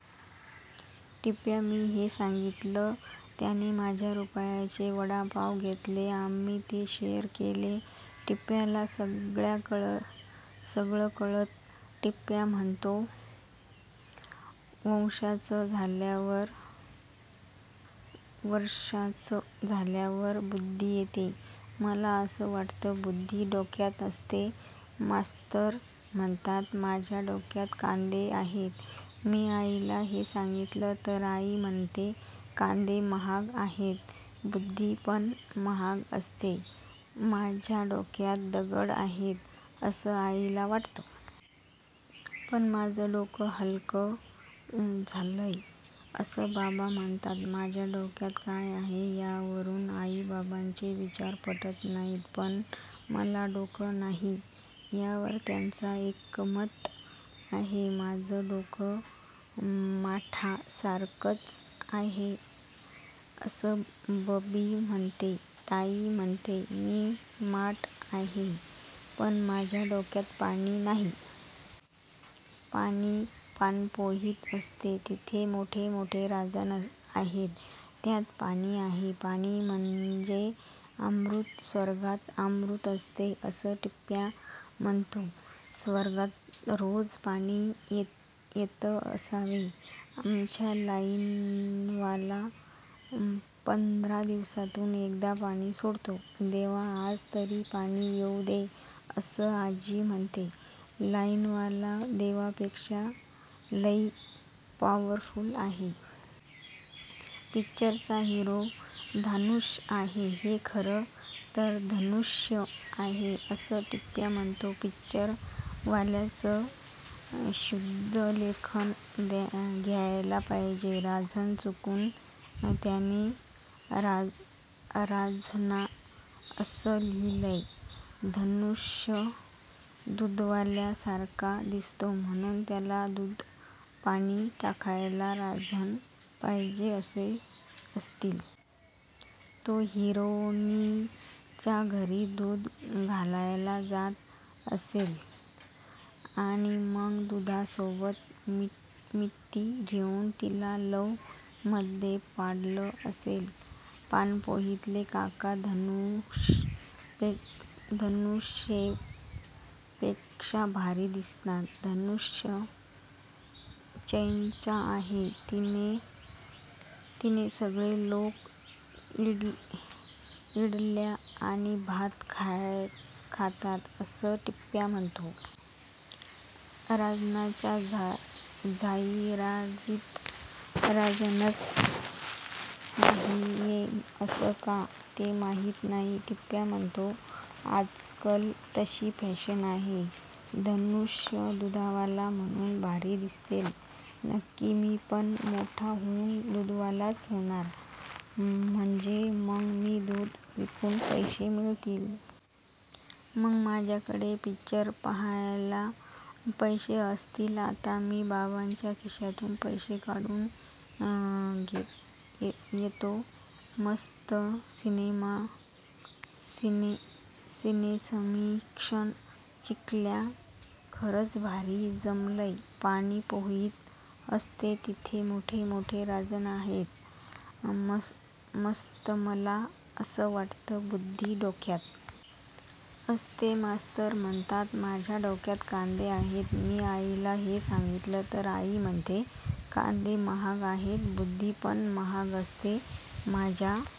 दिप्याला मी हे सांगितलं त्याने माझ्या रुपयांचे वडापाव घेतले, आमी ते शेअर केले. दिप्याला सगळं कळतं. दिप्या म्हन्तो वर्शाचं झाल्यावर बुद्दी येते. मला असं वाटतं बुद्दी डोक्यात अस्ते, मास्तर म्हणतात माझ्या डोक्यात कांदे आहेत, मी आईला हे सांगितलं तर आई म्हणते कांदे महाग आहेत, बुद्दी पन महाग असते, माझ्या डोक्यात दगड आहेत असं आईला वाटतं. पन माझं डोकं हलकं झालय असं बाबा म्हणतात. माझ्या डोक्यात काय आहे यावरुन आई-बाबांचे विचार पटत नाहीत, पन मला डोकं नाही यावर त्यांचं एकमत आहे. माझं डोकं माठासारखं आहे असं बबी म्हन्ते, ताई म्हन्ते मी माठ आहे, पण माझ्या डोक्यात पानी नाही. पानी पाण्पोईत अस्ते, तिथे मोठे मोठे रांजण आहेत, त्यात पानी आहे. पानी म्हन्जे अम्रुत, स्वर्गात अम्रुत अस्ते असं दिप्या म्हन्तो, स्वर्गात रोज पानी येत असावे, आमचा लाईनवाला पन्ध्रा दिवसातुन एक्दा पानी सोडतो. देवा आज तरी पानि येवु दे असं आज्जी म्हन्ते, लाइनवाला देवापेक्षा लै पॉवर्फुल आहे. पिक्चर चा हिरो धानुश आहे, ते खरं तर धनुश्य आहे असं दिप्या म्हन्तो, पिक्चर वाल्यांचं शुद्द्लेखन घ्यायला पाहिजे, रांजणा चुकुन त्यानी रांझना असं लिहिलय. धानुश दुधवाल्यासारखा दिस्तो, म्हनुन त्याला दुधात पानी टाकायला रांजन पाहिजे असतील. तो हिरोईनच्या घरी दुध घालायला जात असेल, अनि मग दुधासोबत चिठ्ठी देउन तिला लव मध्ये पाडलं असेल. पान्पोइतले काका धानुशपेक्शा भारी दिस्तात. धानुश चेन्नैचा आहे. तिथे सगळे लोक ईडल्या आनि भात खातात असं दिप्या म्हन्तो. रांजनाच्या झाइरातीत रांजनच नाहिये, असं का ते माहित नाही. दिप्या म्हन्तो आज्काल तशी फॅशन आहे. धानुश दुधवाला म्हनुन भारी दिसेल नक्की. मी पन मोठा होउन दुधवाला होनार, म्हन्जे मग मी दुध विकुन पैसे मिळतील. मग माझ्याकडे पिक्चर पहायला पैसे असतील. आता मी बाबांच्या खिशातुन पैसे काढुन येतो. मस्त सिनेसमीक्षण चिखल्या!.. खरच भारी जमलय. पानी पाण्पोईत अस्ते, तिथे मोठे मोठे रांजण आहेत, >> मस्तमला असं वाटतं बुद्दी डोक्यात अस्ते, मास्तर म्हणतात माझ्या डोक्यात कांदे आहेत, मी आईला हे सांगितलं तर आई म्हणते कांदे महाग आहेत, बुद्दी पन महाग असते, माझ्या